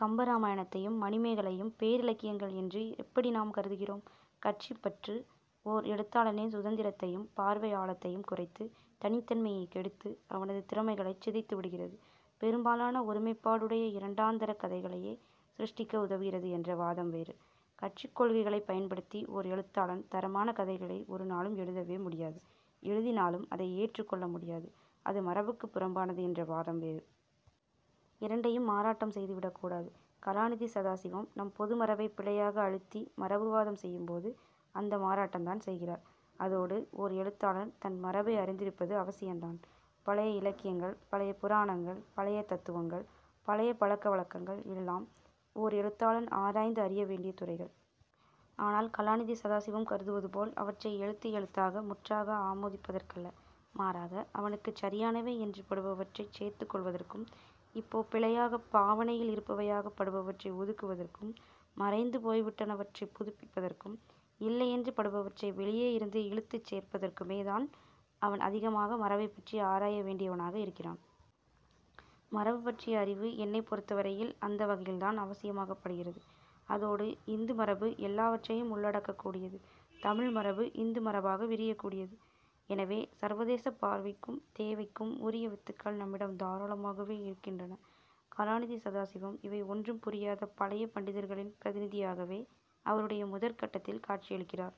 கம்பராமாயணத்தையும் மணிமேகலையையும் பேரிலக்கியங்கள் என்று எப்படி நாம் கருதுகிறோம்? கட்சிப் பற்று, ஓர் எழுத்தாளனின் சுதந்திரத்தையும் பார்வை ஆழத்தையும் குறைத்து, தனித்தன்மையைக் கெடுத்து, அவனது திறமைகளைச் சிதைத்துவிடுகிறது; பெரும்பாலான ஒருமைப்பாடுடைய இரண்டாந்தரக் கதைகளையே சிருஷ்டிக்க உதவுகிறது என்ற வாதம் வேறு. கட்சிக் கொள்கைகளைப் பயன்படுத்தி ஓர் எழுத்தாளன் தரமான கதைகளை ஒரு நாளும் எழுதவே முடியாது; எழுதினாலும் அதை ஏற்றுக் கொள்ள முடியாது; அது மரபுக்கு புறம்பானது என்ற வாதம் வேறு. இரண்டையும் மாறாட்டம் செய்துவிடக்கூடாது. கலாநிதி சதாசிவம் நம் பொது மரபைப் பிழையாக அழுத்தி மரபு வாதம் செய்யும் போது அந்த மாறாட்டந்தான் செய்கிறார். அதோடு, ஓர் எழுத்தாளன் தன் மரபை அறிந்திருப்பது அவசியந்தான். பழைய இலக்கியங்கள், பழைய புராணங்கள், பழைய தத்துவங்கள், பழைய பழக்க வழக்கங்கள் எல்லாம் ஓர் எழுத்தாளன் ஆராய்ந்து அறிய வேண்டிய துறைகள். ஆனால் கலாநிதி சதாசிவம் கருதுவதுபோல் அவற்றை எழுத்து எழுத்தாக முற்றாக ஆமோதிப்பதற்கல்ல. மாறாக, அவனுக்குச் சரியானவை என்று படுபவற்றைச் சேர்த்துக் கொள்வதற்கும், இப்போ பிழையாகப் பாவனையில் இருப்பவையாகப் படுபவற்றை ஒதுக்குவதற்கும், மறைந்து போய்விட்டனவற்றைப் புதுப்பிப்பதற்கும், இல்லையென்று படுபவற்றை வெளியே இருந்து இழுத்துச் சேர்ப்பதற்குமே தான் அவன் அதிகமாக மரபைப்பற்றி ஆராய வேண்டியவனாக இருக்கிறான். மரபுபற்றிய அறிவு, என்னைப் பொருத்தவரையில், அந்த வகையில்தான் அவசியமாகப்படுகிறது. அதோடு இந்து மரபு எல்லாவற்றையும் உள்ளடக்கக் கூடியது. தமிழ் மரபு இந்து மரபாக விரியக் கூடியது. எனவே, சர்வதேசப் பார்வைக்கும் தேவைக்கும் உரிய வித்துகள் நம்மிடம் தாராளமாகவே இருக்கின்றன. கலாநிதி சதாசிவம், இவை ஒன்றும் புரியாத பழைய பண்டிதர்களின் பிரதிநிதியாகவே அவருடைய முதற் கட்டத்தில் காட்சி அளிக்கிறார்.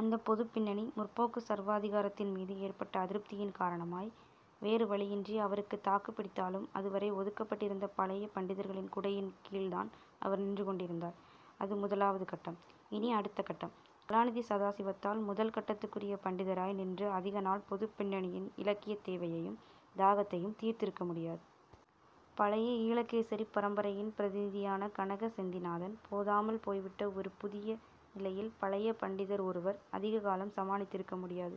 அந்தப் பொதுப் பின்னணி, 'முற்போக்கு' சர்வாதிகாரத்தின் மீது ஏற்பட்ட அதிருப்தியின் காரணமாய், வேறு வழியின்றி அவருக்குத் தாக்குப் பிடித்தாலும் அதுவரை ஒதுக்கப்பட்டிருந்த பழைய பண்டிதர்களின் குடையின் கீழ்தான் அவர் நின்றுகொண்டிருந்தார். அது முதலாவது கட்டம். இனி அடுத்த கட்டம். கலாநிதி சதாசிவத்தால் முதல் கட்டத்துக்குரிய பண்டிதராய் நின்று அதிக நாள் பொதுப் பின்னணியின் இலக்கியத் தேவையையும் தாகத்தையும் தீர்த்திருக்க முடியாது. பழைய ஈழகேசரிப் பரம்பரையின் பிரதிநிதியான கனக செந்திநாதன் போதாமல் போய்விட்ட ஒரு புதிய நிலையில் பழைய பண்டிதர் ஒருவர் அதிக காலம் சமாளித்திருக்க முடியாது.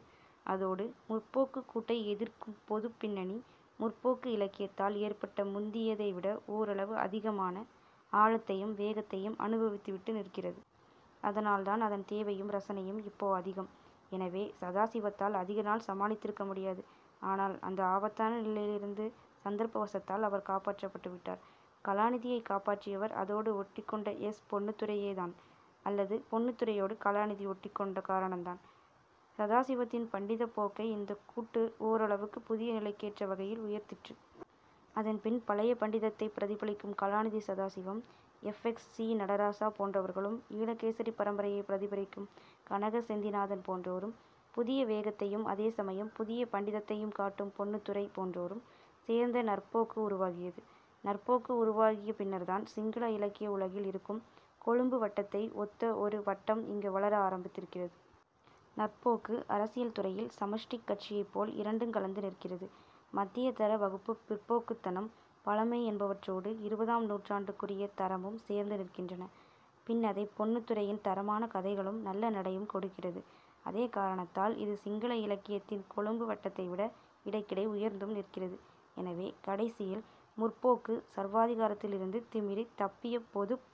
அதோடு 'முற்போக்கு'க் கூட்டை எதிர்க்கும் பொதுப் பின்னணி, 'முற்போக்கு' இலக்கியத்தால் ஏற்பட்ட முந்தியதை விட ஓரளவு அதிகமான, ஆழத்தையும் வேகத்தையும் அனுபவித்துவிட்டு நிற்கிறது. அதனால் அதன் தேவையும் ரசனையும் இப்போ அதிகம். எனவே, சதாசிவத்தால் அதிக நாள் சமாளித்திருக்க முடியாது. ஆனால் அந்த ஆபத்தான நிலையிலிருந்து சந்தர்ப்பவசத்தால் அவர் காப்பாற்றப்பட்டுவிட்டார். கலாநிதியைக் காப்பாற்றியவர் அதோடு ஒட்டிக்கொண்ட எஸ். பொன்னுத்துரையேதான். அல்லது பொன்னுத்துரையோடு கலாநிதி ஒட்டிக்கொண்ட காரணந்தான். சதாசிவத்தின் பண்டிதப் போக்கை இந்தக் கூட்டு ஓரளவுக்குப் புதிய நிலைக்கேற்ற வகையில் உயர்த்திற்று. அதன்பின் பழைய பண்டிதத்தைப் பிரதிபலிக்கும் கலாநிதி Sadasivam, F. X. C. Nadarajah போன்றவர்களும் ஈழகேசரிப் பரம்பரையைப் பிரதிபலிக்கும் கனக செந்திநாதன் போன்றோரும் புதிய வேகத்தையும் அதே சமயம் புதிய பண்டிதத்தையும் காட்டும் பொன்னுத்துரை போன்றோரும் சேர்ந்த 'நற்போக்கு' உருவாகியது. 'நற்போக்கு' உருவாகிய பின்னர்தான் சிங்கள இலக்கிய உலகில் இருக்கும் 'கொழும்பு வட்ட'த்தை ஒத்த ஒரு வட்டம் இங்க வளர ஆரம்பித்திருக்கிறது. 'நற்போக்கு', அரசியல் துறையில் சமஷ்டிக் கட்சியைப்போல் இரண்டுங் கலந்து நிற்கிறது. மத்தியதர வகுப்புப் பிற்போக்குத்தனம், பழமை என்பவற்றோடு இருபதாம் நூற்றாண்டுக்குரிய தரமும் சேர்ந்து நிற்கின்றன. பின்னதைப் பொன்னுத்துரையின் தரமான கதைகளும் நல்ல நடையும் கொடுக்கிறது. அதே காரணத்தால் இது சிங்கள இலக்கியத்தின் கொழும்பு வட்டத்தை விட இடைக்கிடை உயர்ந்தும் நிற்கிறது. எனவே, கடைசியில் 'முற்போக்கு' சர்வாதிகாரத்திலிருந்து திமிறித் தப்பிய பொதுப்